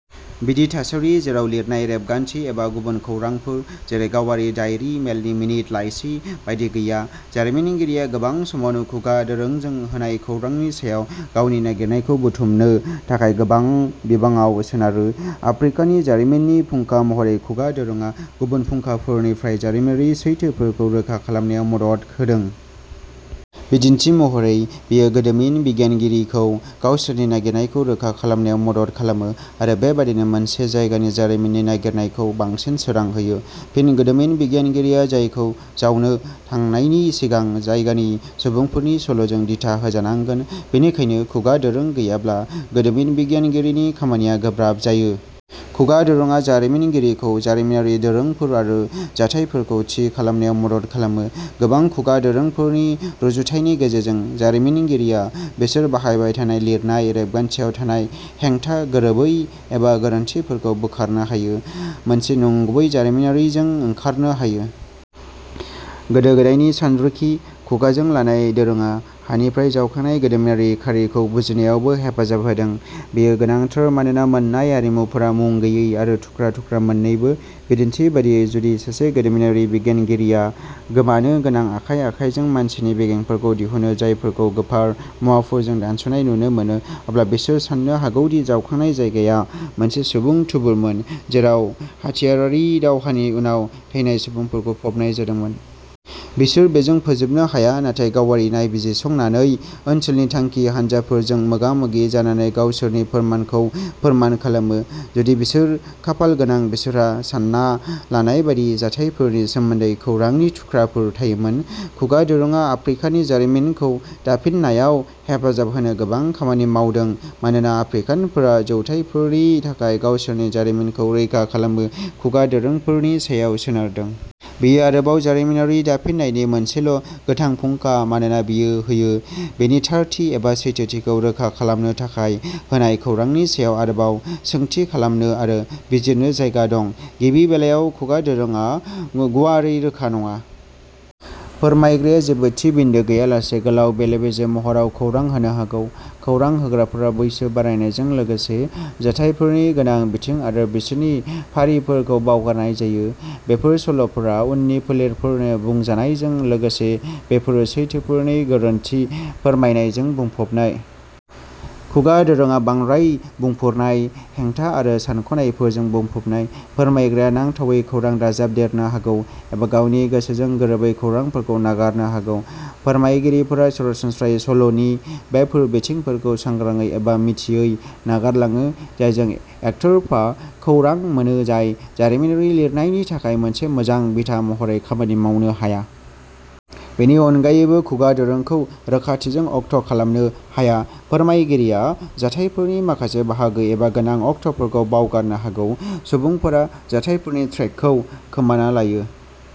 बिदि थासारि जेराव लिरनाय रेबगान्थि एबा गुबुन खौरांफोर जेरै गावारि दाइरि मेलनि मिनित लाइसि बायदि गैया जारिमिनगिरिया गोबां समावनो खुगा दोरोंजों होनाय खौरांनि सायाव गावनि नागिरनायखौ बुथुमनो थाखाय गोबां बिबाङाव सोनारो। आफ्रिकानि जारिमिननि फुंखा महरै खुगा दोरोंआ गुबुन फुंखाफोरनिफ्राय जारिमिनारि सैथोफोरखौ रोखा खालामनायाव मदद होदों। बिदिन्थि महरै बेयो गोदोमिन बिगियानगिरिखौ गावसोरनि नागिरनायखौ रोखा खालामनायाव मदद खालामो आरो बेबादिनो मोनसे जायगानि जारिमिननि नागिरनायखौ बांसिन सोरां होयो। फिन गोदोमिन बिगियानगिरिया जायगाखौ जावनो थांनायनि सिगां जायगानि सुबुंफोरनि सल'जों दिथा होजानांगोन। बेनिखायनो खुगा दोरों गैयाब्ला गोदोमिन बिगियानगिरिनि खामानिया गोब्राब जायो। खुगा दोरोंआ जारिमिनगिरिखौ जारिमिनारि दोरोंफोर आरो जाथायफोरखौ थि खालामनायाव मदद खालामो। गोबां खुगा दोरोंफोरनि रुजुथायनि गेजेरजों जारिमिनगिरिया बिसोर बाहायबाय थानाय लिरनाय रेबगान्थियाव थानाय हेंथा गोरोबै एबा गोरोन्थिफोरखौ बोखारनो हायो मोनसे नंगुबै जारिमिनारिजों ओंखारनो हायो। गोदो गोदायनि सानरिखि। खुगाजों लानाय दोरोङा हानिफ्राय जावखांनाय गोदोमिनारि खारिखौ बुजिनायावबो हेफाजाब होदों। बेयो गोनांथार मानोना मोन्नाय आरिमुफोरा मुं गैयै आरो थुख्रा थुख्रा मोन्नैबो। बिदिन्थि बायदियै जुदि सासे गोदोमिनारि बिगियानगिरिया गोमानो गोनां आखाइ आखाइजों मानसिनि बेगेंफोरखौ दिहुनो जायफोरखौ गोफार मुवाफोरजों दानस'नाय नुनो मोनो अब्ला बिसोर साननो हागौ दि जावखांनाय जायगाया मोनसे सुबुं थुबुरमोन जेराव हाथियारारि दावहानि उनाव थैनाय सुबुंफोरखौ फबनाय जादोंमोन। बिसोर बेजों फोजोबनो हाया नाथाय गावआरि नायबिजिरसंनानै, ओनसोलनि थांखि हानजाफोरजों मोगा मोगि जानानै गावसोरनि फोरमानखौ फोरमान खालामो। जुदि बिसोर खाफालगोनां बिसोरहा सानना लानाय बायदि जाथायफोरनि सोमोन्दै खौरांनि थुख्राफोर थायोमोन। खुगा दोरोङा आफ्रिकानि जारिमिनखौ दाफिननायाव हेफाजाब होनो गोबां खामानि मावदों मानोना आफ्रिकानफोरा जौथायफोरनि थाखाय गावसोरनि जारिमिनखौ रैखा खालामनो खुगा दोरोंफोरनि सायाव सोनारदों। बेयो आरोबाव जारिमिनारि दाफिननायनि मोनसेल'गोथां फुंखा मानोना बेयो होयो। बेनि थारथि एबा सैथोथिखौ रोखा खालामनो थाखाय होनाय खौरांनि सायाव आरोबाव सोंथि खालामनो आरो बिजिरनो जायगा दं। गिबि बेलायाव खुगा दोरोङा गुवारै रोखा नङा। फोरमायग्राया जेबो थि बिन्दो गैयालासे गोलाव बेले बेजे महराव खौरां होनो हागौ। खौरां होग्राफोरा बैसो बारायनायजों लोगोसे जाथायफोरनि गोनां बिथिं आरो बिसोरनि फारिफोरखौ बावगारनाय जायो। बेफोर सल'फोरा उननि फोलेरफोरनो बुंजानायजों लोगोसे बेफोरो सैथोफोरनि गोरोन्थि फोरमायनायजों बुंफबनाय। खुगा दोरोङा बांद्राय बुंफोरनाय हेंथा आरो सानख'नायफोरजों बुंफबनाय। फोरमायग्राया नांथावै खौरां दाजाबदेरनो हागौ एबा गावनि गोसोजों गोरोबै खौरांफोरखौ नागारनो हागौ। फोरमायगिरिफोरा सरासनस्रायै सल'नि बेफोर बिथिंफोरखौ सांग्रांयै एबा मिथियै नागारलाङो जायजों एकतरफा खौरां मोनो जाय जारिमिनारि लिरनायनि थाखाय मोनसे मोजां बिथा महरै खामानि मावनो हाया। बेनि अनगायैबो खुगा दोरोंखौ रोखाथिजों अक्ट'खालामनो हाया। फोरमायगिरिया जाथायफोरनि माखासे बाहागो एबा गोनां अक्ट'फोरखौ बावगारनो हागौ। सुबुंफोरा जाथायफोरनि ट्रेकखौ खोमाना लायो।